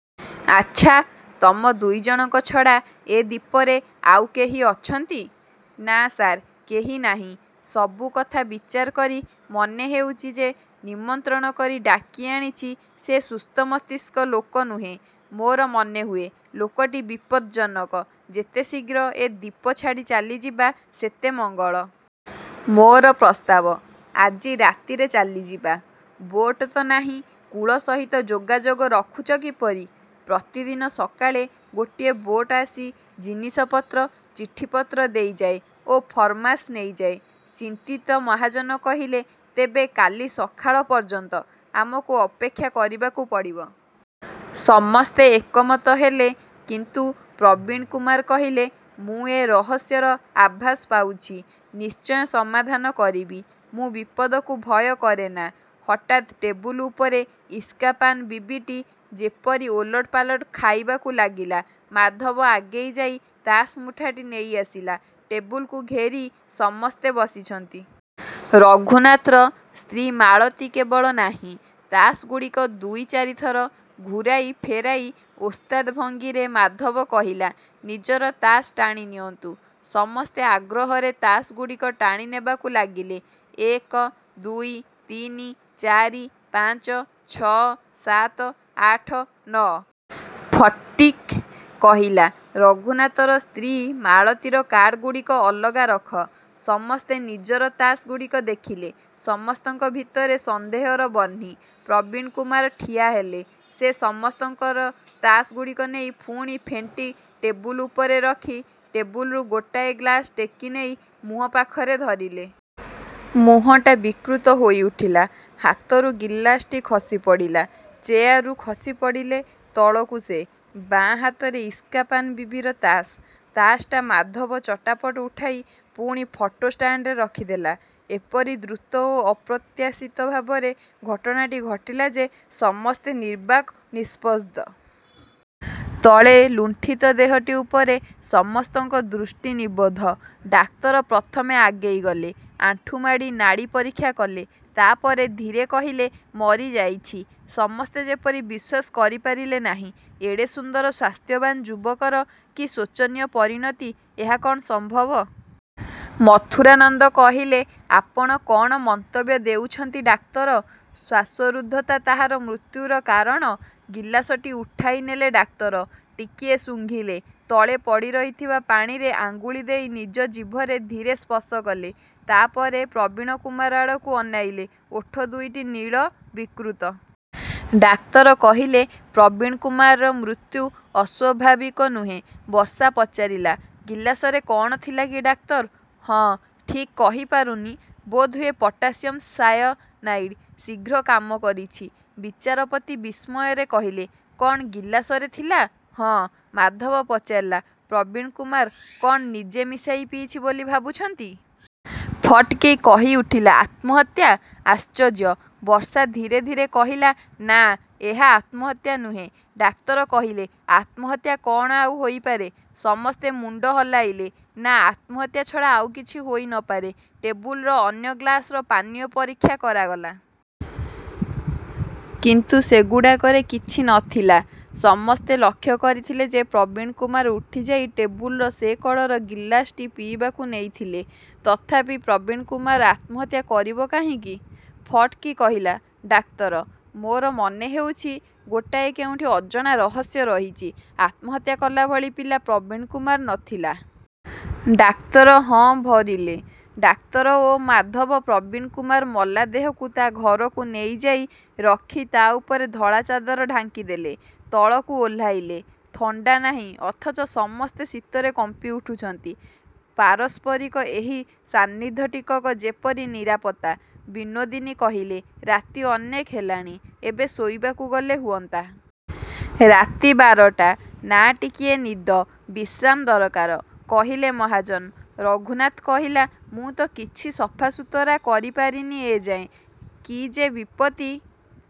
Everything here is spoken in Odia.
ଆଚ୍ଛା, ତମ ଦୁଇ ଜଣଙ୍କ ଛଡ଼ା ଏ ଦ୍ୱୀପରେ ଆଉ କେହି ଅଛନ୍ତି? ନା ସାର୍, କେହି ନାହିଁ। ସବୁକଥା ବିଚାର କରି, ମନେହେଉଛି, ଯେ ନିମନ୍ତ୍ରଣ କରି ଡାକିଆଣିଛି ସେ ସୁସ୍ଥମସ୍ତିଷ୍କ ଲୋକ ନୁହେଁ। ମୋର ମନେହୁଏ, ଲୋକଟି ବିପଜ୍ଜନକ। ଯେତେଶୀଘ୍ର ଏ ଦ୍ଵୀପ ଛାଡ଼ି ଚାଲିଯିବା ସେତେ ମଙ୍ଗଳ। ମୋର ପ୍ରସ୍ତାବ, ଆଜି ରାତିରେ ଚାଲିଯିବା। ବୋଟ୍ ତ ନାହିଁ। କୂଳ ସହିତ ଯୋଗାଯୋଗ ରଖୁଛ କିପରି? ପ୍ରତିଦିନ ସକାଳେ ଗୋଟିଏ ବୋଟ୍ ଆସି ଜିନିଷପତ୍ର, ଚିଠିପତ୍ର ଦେଇଯାଏ ଓ ଫରମାସ ନେଇଯାଏ। ଚିନ୍ତିତ ମହାଜନ କହିଲେ, ତେବେ କାଲି ସକାଳ ପର୍ଯ୍ୟନ୍ତ, ଆମକୁ ଅପେକ୍ଷା କରିବାକୁ ପଡ଼ିବ। ସମସ୍ତେ ଏକମତ ହେଲେ କିନ୍ତୁ ପ୍ରବୀଣକୁମାର କହିଲେ, ମୁଁ ଏ ରହସ୍ୟର ଆଭାସ ପାଉଛି। ନିଶ୍ଚୟ ସମାଧାନ କରିବି। ମୁଁ ବିପଦକୁ ଭୟ କରେନା। ହଠାତ୍ ଟେବୁଲ ଉପରେ ଇସ୍କାପାନ ବିବିଟି ଯେପରି ଓଲଟପାଲଟ ଖାଇବାକୁ ଲାଗିଲା। ମାଧବ ଆଗେଇଯାଇ ତାସ୍ ମୁଠାଟି ନେଇଆସିଲା। ଟେବୁଲକୁ ଘେରି ସମସ୍ତେ ବସିଛନ୍ତି। ରଘୁନାଥର ସ୍ତ୍ରୀ ମାଳତୀ କେବଳ ନାହିଁ। ତାସ୍ ଗୁଡ଼ିକ ଦୁଇ ଚାରି ଥର ଘୂରାଇ ଫେରାଇ ଓସ୍ତାଦ୍ ଭଙ୍ଗୀରେ ମାଧବ କହିଲା, ନିଜର ତାସ୍ ଟାଣିନିଅନ୍ତୁ। ସମସ୍ତେ ଆଗ୍ରହରେ ତାସ୍ ଗୁଡ଼ିକ ଟାଣିନେବାକୁ ଲାଗିଲେ, ଏକ ଦୁଇ ତିନି ଚାରି ପାଞ୍ଚ ଛଅ ସାତ ଆଠ ନଅ। ଫଟିକ୍ କହିଲା, ରଘୁନାଥର ସ୍ତ୍ରୀ ମାଳତୀର କାର୍ଡ଼ଗୁଡ଼ିକ ଅଲଗା ରଖ। ସମସ୍ତେ ନିଜର ତାସ୍ ଗୁଡ଼ିକ ଦେଖିଲେ। ସମସ୍ତଙ୍କ ଭିତରେ ସନ୍ଦେହର ବହ୍ନି। ପ୍ରବୀଣକୁମାର ଠିଆହେଲେ। ସେ ସମସ୍ତଙ୍କର ତାସ୍ ଗୁଡ଼ିକ ନେଇ ପୁଣି ଫେଣ୍ଟି ଟେବୁଲ ଉପରେ ରଖି ଟେବୁଲରୁ ଗୋଟାଏ ଗ୍ଲାସ୍ ଟେକିନେଇ ମୁହଁ ପାଖରେ ଧରିଲେ। ମୁହଁଟା ବିକୃତ ହୋଇଉଠିଲା। ହାତରୁ ଗିଲାସଟି ଖସିପଡ଼ିଲା। ଚେୟାରରୁ ଖସିପଡ଼ିଲେ ତଳକୁ ସେ। ବାଁ ହାତରେ ଇସ୍କାପାନ ବିବିର ତାସ୍। ତାସ୍ ଟା ମାଧବ ଚଟାପଟ ଉଠାଇ ପୁଣି ଫଟୋ ଷ୍ଟାଣ୍ଡରେ ରଖିଦେଲା। ଏପରି ଦ୍ରୁତ ଓ ଅପ୍ରତ୍ୟାଶିତ ଭାବରେ ଘଟଣାଟି ଘଟିଲା ଯେ ସମସ୍ତେ ନିର୍ବାକ୍, ନିସ୍ପନ୍ଦ। ତଳେ ଲୁଣ୍ଠିତ ଦେହଟି ଉପରେ ସମସ୍ତଙ୍କ ଦୃଷ୍ଟି ନିବଦ୍ଧ। ଡାକ୍ତର ପ୍ରଥମେ ଆଗେଇଗଲେ। ଆଣ୍ଠୁମାଡ଼ି ନାଡ଼ି ପରୀକ୍ଷା କଲେ। ତା ପରେ ଧୀରେ କହିଲେ, ମରିଯାଇଛି। ସମସ୍ତେ ଯେପରି ବିଶ୍ୱାସ କରିପାରିଲେ ନାହିଁ। ଏଡ଼େ ସୁନ୍ଦର ସ୍ୱାସ୍ଥ୍ୟବାନ୍ ଯୁବକର କି ଶୋଚନୀୟ ପରିଣତି। ଏହା କ'ଣ ସମ୍ଭବ? ମଥୁରାନନ୍ଦ କହିଲେ, ଆପଣ କ'ଣ ମନ୍ତବ୍ୟ ଦେଉଛନ୍ତି ଡାକ୍ତର? ଶ୍ୱାସରୁଦ୍ଧତା ତାହାର ମୃତ୍ୟୁର କାରଣ। ଗିଲାସଟି ଉଠାଇନେଲେ ଡାକ୍ତର। ଟିକିଏ ଶୁଙ୍ଘିଲେ। ତଳେ ପଡ଼ିରହିଥିବା ପାଣିରେ ଆଙ୍ଗୁଳି ଦେଇ ନିଜ ଜିଭରେ ଧୀରେ ସ୍ପର୍ଶ କଲେ। ତା ପରେ ପ୍ରବୀଣକୁମାର ଆଡ଼କୁ ଅନାଇଲେ। ଓଠ ଦୁଇଟି ନୀଳ, ବିକୃତ। ଡାକ୍ତର କହିଲେ, ପ୍ରବୀଣକୁମାରର ମୃତ୍ୟୁ ଅସ୍ୱାଭାବିକ ନୁହେଁ। ବର୍ଷା ପଚାରିଲା, ଗିଲାସରେ କ'ଣ ଥିଲା କି ଡାକ୍ତର? ହଁ, ଠିକ୍ କହିପାରୁନି। ବୋଧହୁଏ ପଟାସିୟମ୍ ସାୟନାଇଡ୍। ଶୀଘ୍ର କାମ କରିଛି। ବିଚାରପତି ବିସ୍ମୟରେ କହିଲେ, କ'ଣ, ଗିଲାସରେ ଥିଲା? ହଁ। ମାଧବ ପଚାରିଲା, ପ୍ରବୀଣକୁମାର କ'ଣ ନିଜେ ମିଶାଇ ପିଇଛି ବୋଲି ଭାବୁଛନ୍ତି? ଫଟିକ୍ କହିଉଠିଲା, ଆତ୍ମହତ୍ୟା, ଆଶ୍ଚର୍ଯ୍ୟ। ବର୍ଷା ଧୀରେ ଧୀରେ କହିଲା, ନା, ଏହା ଆତ୍ମହତ୍ୟା ନୁହେଁ। ଡାକ୍ତର କହିଲେ, ଆତ୍ମହତ୍ୟା କ'ଣ ଆଉ ହୋଇପାରେ? ସମସ୍ତେ ମୁଣ୍ଡ ହଲାଇଲେ। ନା, ଆତ୍ମହତ୍ୟା ଛଡ଼ା ଆଉ କିଛି ହୋଇ ନ ପାରେ। ଟେବୁଲର ଅନ୍ୟ ଗ୍ଲାସର ପାନୀୟ ପରୀକ୍ଷା କରାଗଲା। କିନ୍ତୁ ସେଗୁଡ଼ାକରେ କିଛି ନ ଥିଲା। ସମସ୍ତେ ଲକ୍ଷ୍ୟ କରିଥିଲେ ଯେ ପ୍ରବୀଣକୁମାର ଉଠିଯାଇ ଟେବୁଲର ସେ କଡ଼ର ଗିଲାସଟି ପିଇବାକୁ ନେଇଥିଲେ। ତଥାପି, ପ୍ରବୀଣକୁମାର ଆତ୍ମହତ୍ୟା କରିବ କାହିଁକି? ଫଟକି କହିଲା, ଡାକ୍ତର, ମୋର ମନେହେଉଛି ଗୋଟାଏ କେଉଁଠି ଅଜଣା ରହସ୍ୟ ରହିଛି। ଆତ୍ମହତ୍ୟା କଲାଭଳି ପିଲା ପ୍ରବୀଣକୁମାର ନ ଥିଲା। ଡାକ୍ତର ହଁ ଭରିଲେ। ଡାକ୍ତର ଓ ମାଧବ ପ୍ରବୀଣକୁମାର ମଲା ଦେହକୁ ତା ଘରକୁ ନେଇଯାଇ ରଖି ତା ଉପରେ ଧଳା ଚାଦର ଢାଙ୍କିଦେଲେ। ତଳକୁ ଓହ୍ଲାଇଲେ। ଥଣ୍ଡା ନାହିଁ ଅଥଚ ସମସ୍ତେ ଶୀତରେ କମ୍ପିଉଠୁଛନ୍ତି। ପାରସ୍ପରିକ ଏହି ସାନ୍ନିଧ୍ୟ ଟିକକ ଯେପରି ନିରାପତ୍ତା। ବିନୋଦିନୀ କହିଲେ, ରାତି ଅନେକ ହେଲାଣି, ଏବେ ଶୋଇବାକୁ ଗଲେ ହୁଅନ୍ତା? ରାତି ବାରଟା, ନା ଟିକିଏ ନିଦ, ବିଶ୍ରାମ ଦରକାର, କହିଲେ ମହାଜନ। ରଘୁନାଥ କହିଲା, ମୁଁ ତ କିଛି ସଫାସୁତୁରା କରିପାରିନି ଏ ଯାଏଁ। କି ଯେ ବିପତ୍ତି!